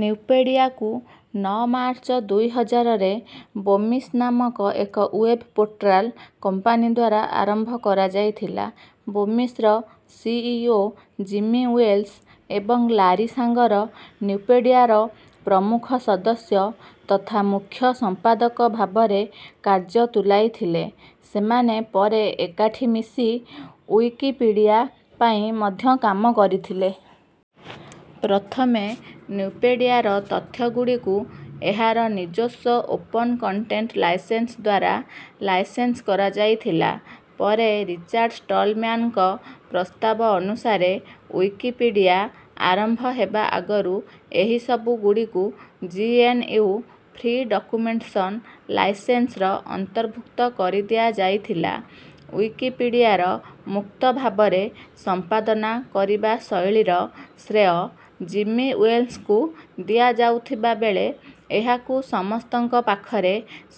ନ୍ୟୁପେଡ଼ିଆକୁ ନଅ ମାର୍ଚ୍ଚ ଦୁଇ ହଜାର ରେ ବୋମିସ ନାମକ ଏକ ୱେବ ପୋର୍ଟାଲ କମ୍ପାନୀଦ୍ୱାରା ଆରମ୍ଭ କରାଯାଇଥିଲା। ବୋମିସର C. E. O. Jimmy Wales ଏବଂ ଲାରି ସାଙ୍ଗର ନ୍ୟୁପେଡ଼ିଆର ପ୍ରମୁଖ ସଦସ୍ୟ ତଥା ମୁଖ୍ୟ ସମ୍ପାଦକ ଭାବରେ କାର୍ଯ୍ୟ ତୁଲାଇଥିଲେ। ସେମାନେ ପରେ ଏକାଠି ମିଶି ଉଇକିପିଡ଼ିଆ ପାଇଁ ମଧ୍ୟ କାମ କରିଥିଲେ। ପ୍ରଥମେ ନ୍ୟୁପେଡ଼ିଆର ତଥ୍ୟ ଗୁଡ଼ିକୁ ଏହାର ନିଜସ୍ୱ ଓପନ କଣ୍ଟେଣ୍ଟ ଲାଇସେନ୍ସଦ୍ୱାରା ଲାଇସେନ୍ସ କରାଯାଇଥିଲା। ପରେ ରିଚାର୍ଡ ଷ୍ଟଲମ୍ୟାନଙ୍କ ପ୍ରସ୍ତାବ ଅନୁସାରେ ଉଇକିପିଡ଼ିଆ ଆରମ୍ଭ ହେବା ଆଗରୁ ଏହି ସବୁ ଗୁଡ଼ିକୁ G. N. U. Free documentation ଲାଇସେନ୍ସର ଅନ୍ତର୍ଭୁକ୍ତ କରିଦିଆଯାଇଥିଲା। ଉଇକିପିଡ଼ିଆର ମୁକ୍ତ ଭାବରେ ସମ୍ପାଦନା କରିବା ଶୈଳୀ ର ଶ୍ରେୟ ଜିମି ୱେଲ୍ସଙ୍କୁ ଦିଆଯାଉଥିବା ବେଳେ ଏହାକୁ ସମସ୍ତଙ୍କ ପାଖରେ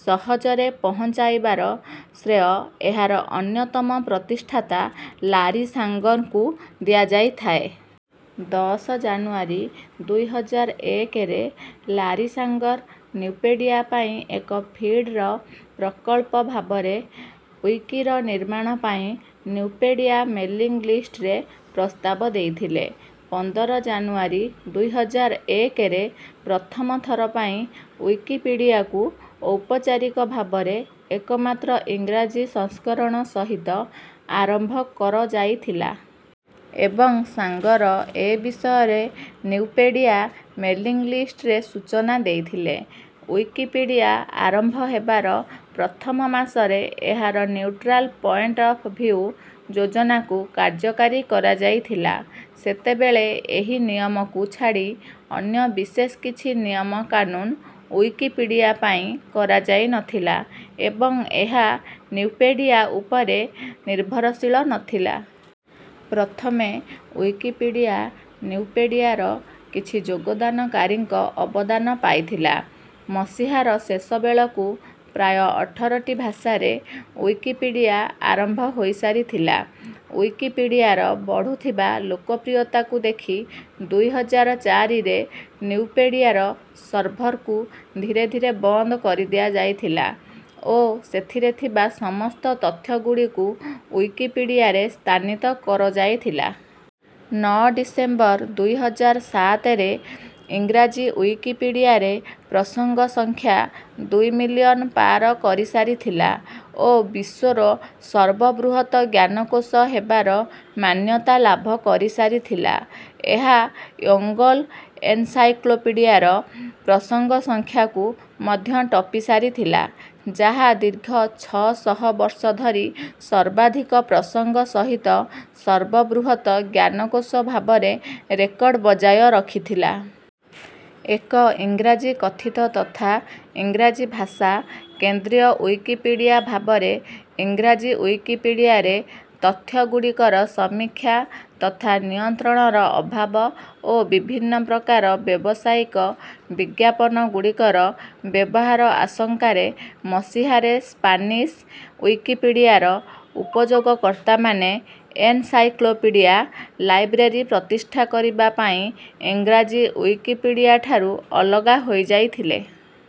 ସହଜରେ ପହଞ୍ଚାଇବାର ଶ୍ରେୟ ଏହାର ଅନ୍ଯତମ ପ୍ରତିଷ୍ଠାତା ଲାରି ସାଙ୍ଗରଙ୍କୁ ଦିଆଯାଇଥାଏ। ଦଶ ଜାନୁଆରୀ ଦୁଇ ହଜାର ଏକରେ ଲାରି ସାଙ୍ଗର ନ୍ୟୁପେଡ଼ିଆ ପାଇଁ ଏକ ଫିଡର ପ୍ରକଳ୍ପ ଭାବରେ ଉଇକିର ନିର୍ମାଣ ପାଇଁ ନ୍ୟୁପେଡ଼ିଆ ମେଲିଂ ଲିଷ୍ଟରେ ପ୍ରସ୍ତାବ ଦେଇଥିଲେ। ପନ୍ଦର ଜାନୁଆରୀ ଦୁଇ ହଜାର ଏକରେ ପ୍ରଥମ ଥର ପାଇଁ ଉଇକିପିଡ଼ିଆକୁ ଔପଚାରିକ ଭାବରେ ଏକମାତ୍ର ଇଂରାଜୀ ସଂସ୍କରଣ ସହିତ ଆରମ୍ଭ କରଯାଇଥିଲା। ଏବଂ ସାଙ୍ଗର ଏ ବିଷୟରେ ନ୍ୟୁପେଡ଼ିଆ ମେଲିଂ ଲିଷ୍ଟରେ ସୂଚନା ଦେଇଥିଲେ। ଉଇକିପିଡ଼ିଆ ଆରମ୍ଭ ହେବାର ପ୍ରଥମ ମାସରେ ଏହାର ନ୍ୟୁଟ୍ରାଲ ପଏଣ୍ଟ ଅଫ ଭିୟୁ ଯୋଜନାକୁ କାର୍ଯ୍ୟକାରୀ କରଯାଇଥିଲା। ସେତେବେଳେ ଏହି ନିୟମକୁ ଛାଡ଼ି ଅନ୍ୟ ବିଶେଷ କିଛି ନିୟମ କାନୁନ ଉଇକିପିଡ଼ିଆପାଇଁ କରାଯାଇ ନଥିଲା ଏବଂ ଏହା ନ୍ୟୁପେଡ଼ିଆ ଉପରେ ନିର୍ଭରଶୀଳ ନଥିଲା। ପ୍ରଥମେ ଉଇକିପିଡ଼ିଆ ନ୍ୟୁପେଡ଼ିଆର କିଛି ଯୋଗଦାନକାରୀଙ୍କ ଅବଦାନ ପାଇଥିଲା। ମସିହାର ଶେଷ ବେଳକୁ ପ୍ରାୟ ଅଠରଟି ଭାଷାରେ ଉଇକିପିଡ଼ିଆ ଆରମ୍ଭ ହୋଇସାରିଥିଲା। ଉଇକିପିଡ଼ିଆର ବଢୁଥିବା ଲୋକପ୍ରିୟତାକୁ ଦେଖି ଦୁଇ ହଜାର ଚାରି ରେ ନ୍ୟୁପେଡ଼ିଆର ସର୍ଭରକୁ ଧୀରେ ଧୀରେ ବନ୍ଦ କରିଦିଆଯାଇଥିଲା ଓ ସେଥିରେ ଥିବା ସମସ୍ତ ତଥ୍ୟ ଗୁଡ଼ିକୁ ଉଇକିପିଡ଼ିଆରେ ସ୍ଥାନିତ କରଯାଇଥିଲା। ନଅ ଡ଼ିସେମ୍ବର ଦୁଇ ହଜାର ସାତରେ ଇଂରାଜୀ ଉଇକିପିଡ଼ିଆରେ ପ୍ରସଙ୍ଗ ସଂଖ୍ୟା ଦୁଇ ମିଲିୟନ ପାର କରିସାରିଥିଲା ଓ ବିଶ୍ୱର ସର୍ବବୃହତ ଜ୍ଞାନକୋଷ ହେବାର ମାନ୍ୟତା ଲାଭ କରିସାରିଥିଲା। ଏହା ୟୋଙ୍ଗଲ ଏନସାଇକ୍ଳୋପିଡ଼ିଆର ପ୍ରସଙ୍ଗ ସଂଖ୍ୟାକୁ ମଧ୍ୟ ଟପିସାରିଥିଲା ଯାହା ଦୀର୍ଘ ଛଅ ଶହ ବର୍ଷ ଧରି ସର୍ବାଧିକ ପ୍ରସଙ୍ଗ ସହିତ ସର୍ବବୃହତ ଜ୍ଞାନକୋଷ ଭାବରେ ରେକର୍ଡ ବଜାୟ ରଖିଥିଲା। ଏକ ଇଂରାଜୀ କଥିତ ତଥା ଇଂରାଜୀ ଭାଷା କେନ୍ଦ୍ରୀୟ ଉଇକିପିଡ଼ିଆ ଭାବରେ ଇଂରାଜୀ ଉଇକିପିଡ଼ିଆରେ ତଥ୍ୟ ଗୁଡ଼ିକର ସମୀକ୍ଷା ତଥା ନିୟନ୍ତ୍ରଣର ଅଭାବ ଓ ବିଭିନ୍ନ ପ୍ରକାର ବ୍ଯବସାୟିକ ବିଜ୍ଞାପନ ଗୁଡ଼ିକର ବ୍ୟବହାର ଆଶଙ୍କାରେ ମଶିହାରେ ସ୍ପାନିସ ଉଇକିପିଡ଼ିଆର ଉପଯୋଗକର୍ତ୍ତାମାନେ ଏନସାଇକ୍ଳୋପିଡ଼ିଆ ଲାଇବ୍ରେରୀ ପ୍ରତିଷ୍ଠା କରିବା ପାଇଁ ଇଂରାଜୀ ଉଇକିପିଡ଼ିଆଠାରୁ ଅଲଗା ହୋଇଯାଇଥିଲେ।